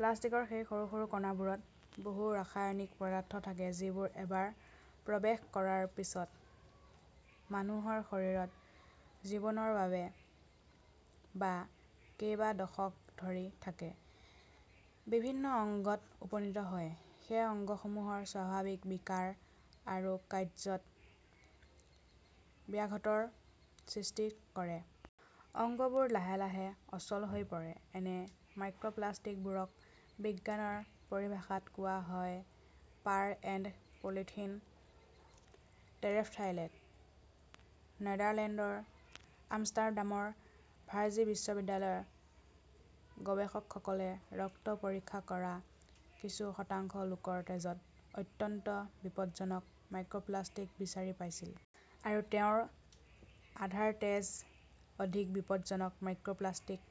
প্লাষ্টিকৰ সেই সৰু সৰু কণাবোৰত বহুতো ৰাসায়নিক পদাৰ্থ থাকে যিবোৰ এবাৰ প্ৰৱেশ কৰাৰ পিছত মানুহৰ শৰীৰত জীৱনৰ বাবে বা কেইবা দশক ধৰি থাকে। বিভিন্ন অংগত উপনীত হয়। সেই অংগসমূহৰ স্বাভাৱিক বিকাৰ আৰু কাৰ্য্যত ব্যাঘাতৰ সৃষ্টি কৰে। অংগবোৰ লাহে লাহে অচল হৈ পৰে। এনে মাইক্ৰপ্লাষ্টিকবোৰক বিজ্ঞানৰ পৰিভাষাত কোৱা হয় পাৰ এণ্ড পলিথিলিন টেৰেফথাইলেট। নেদাৰলেণ্ডৰ আমষ্টাৰডামৰ ভাৰ্জে বিশ্ববিদ্যালয়ৰ গৱেষকসকলে ৰক্ত পৰীক্ষা কৰা কিছু শতাংশ লোকৰ তেজত অত্যন্ত বিপজ্জনক মাইক্ৰপ্লাষ্টিক বিচাৰি পাইছিল। আৰু তেওঁলোকৰ আধাৰ তেজ অধিক বিপদজনক মাইক্ৰপ্লাষ্টিক‌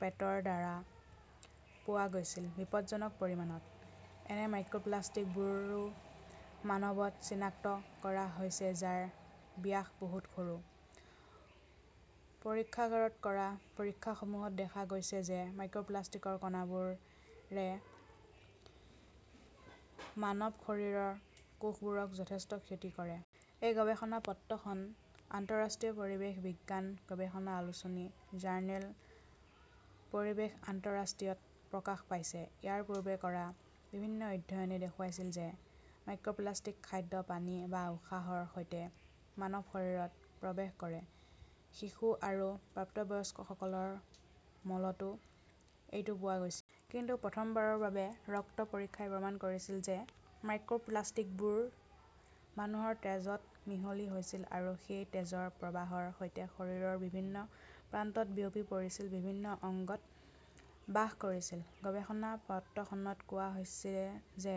পেটৰ দ্বাৰা পোৱা গৈছিল। বিপদজনক পৰিমাণত। এনে মাইক্ৰপ্লাষ্টিকবোৰো মানৱত চিনাক্ত কৰা হৈছে, যাৰ ব্যাস বহুত সৰু। পৰীক্ষাগাৰত কৰা পৰীক্ষাসমূহত দেখা গৈছে যে মাইক্ৰপ্লাষ্টিকৰ কণাবোৰে মানৱ শৰীৰৰ কোষবোৰক যথেষ্ট ক্ষতি কৰে। এই গৱেষণা পত্ৰখন আন্তঃৰাষ্ট্ৰীয় পৰিৱেশ বিজ্ঞান গৱেষণা আলোচনী জাৰ্নেল পৰিৱেশ আন্তঃৰাষ্ট্ৰীয়ত প্ৰকাশ পাইছে। ইয়াৰ পূৰ্বে কৰা বিভিন্ন অধ্যয়নে দেখুৱাইছিল যে মাইক্ৰপ্লাষ্টিক খাদ্য, পানী বা উশাহৰ সৈতে মানৱ শৰীৰত প্ৰৱেশ কৰে। শিশু আৰু প্ৰাপ্তবয়স্কসকলৰ মলতো এইটো পোৱা গৈছিল। কিন্তু প্ৰথমবাৰৰ বাবে ৰক্ত পৰীক্ষাই প্ৰমাণ কৰিছিল যে মাইক্ৰোপ্লাস্টিকবোৰ মানুহৰ তেজত মিহলি হৈছিল আৰু সেই তেজৰ প্ৰবাহৰ সৈতে শৰীৰৰ বিভিন্ন প্ৰান্তত বিয়পি পৰিছিল, বিভিন্ন অংগত বাস কৰিছিল। গৱেষণা পত্ৰখনত কোৱা হৈছে যে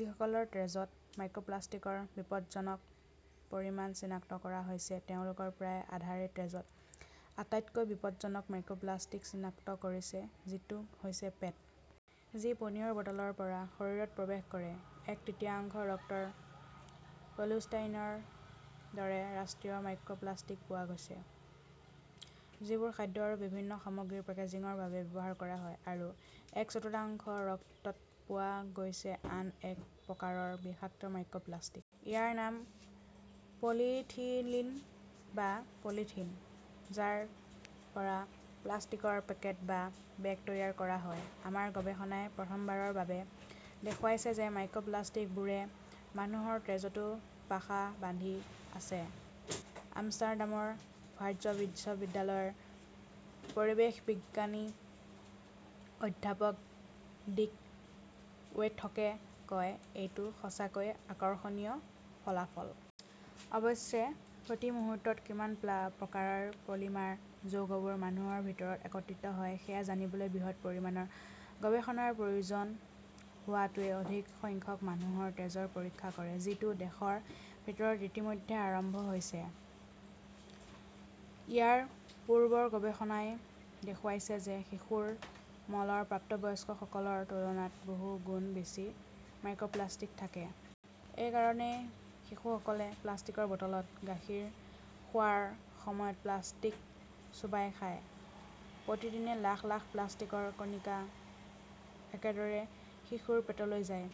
যিসকলৰ তেজত মাইক্ৰপ্লাষ্টিকৰ বিপদজনক পৰিমাণ চিনাক্ত কৰা হৈছে, তেওঁলোকৰ প্ৰায় আধাৰে তেজত আটাইতকৈ বিপদজনক মাইক্ৰপ্লাষ্টিক চিনাক্ত কৰিছে, যিটো হৈছে পেট। যি পানীয়ৰ বটলৰ পৰা শৰীৰত প্ৰৱেশ কৰে। এক তৃতীয়াংশ ৰক্তত পলিষ্টাইৰিনৰ দৰে ৰাষ্ট্ৰীয় মাইক্ৰপ্লাষ্টিক পোৱা গৈছে। যিবোৰ খাদ্য আৰু বিভিন্ন সামগ্ৰীৰ পেকেজিংৰ বাবে ব্যৱহাৰ কৰা হয়। আৰু এক চতুৰ্থাংশ ৰক্তত পোৱা গৈছে আন এক প্ৰকাৰৰ বিষাক্ত মাইক্ৰপ্লাষ্টিক। ইয়াৰ নাম পলিইথিলিন বা‌ পলিথিন। যাৰ পৰা প্লাষ্টিকৰ পেকেট বা বেগ তৈয়াৰ কৰা হয়। আমাৰ গৱেষণাই প্ৰথমবাৰৰ বাবে দেখুৱাইছে যে মাইক্ৰপ্লাষ্টিকবোৰে মানুহৰ তেজতো বাসা বান্ধি আছে, আমষ্টাৰডামৰ ভাৰ্জ বিশ্ববিদ্যালয়ৰ পৰিৱেশ বিজ্ঞানী অধ্যাপক ডিক ৱেটহকে কয়, এইটো সঁচাকৈয়ে আকৰ্ষণীয় ফলাফল। অৱশ্যে, প্ৰতি মুহূৰ্তত কিমান প্ৰকাৰৰ পলিমাৰ যৌগবোৰ মানুহৰ ভিতৰত একত্ৰিত হয় সেয়া জানিবলৈ বৃহৎ পৰিমাণৰ গৱেষণাৰ প্ৰয়োজন হোৱাটোৱে অধিক সংখ্যক মানুহৰ তেজৰ পৰীক্ষা কৰে। যিটো দেশৰ ভিতৰত ইতিমধ্যে আৰম্ভ হৈছে। ইয়াৰ পূৰ্বৰ গৱেষণাই দেখুৱাইছে যে শিশুৰ মলত প্ৰাপ্তবয়স্কসকলৰ তুলনাত বহু গুণ বেছি মাইক্ৰপ্লাষ্টিক থাকে। এই কাৰণেই শিশুসকলে প্লাষ্টিকৰ বটলত গাখীৰ খোৱাৰ সময়ত প্লাষ্টিক চোবাই খায়। প্ৰতিদিনে লাখ লাখ প্লাষ্টিকৰ কণিকা এনেদৰে শিশুৰ পেটলৈ যায়।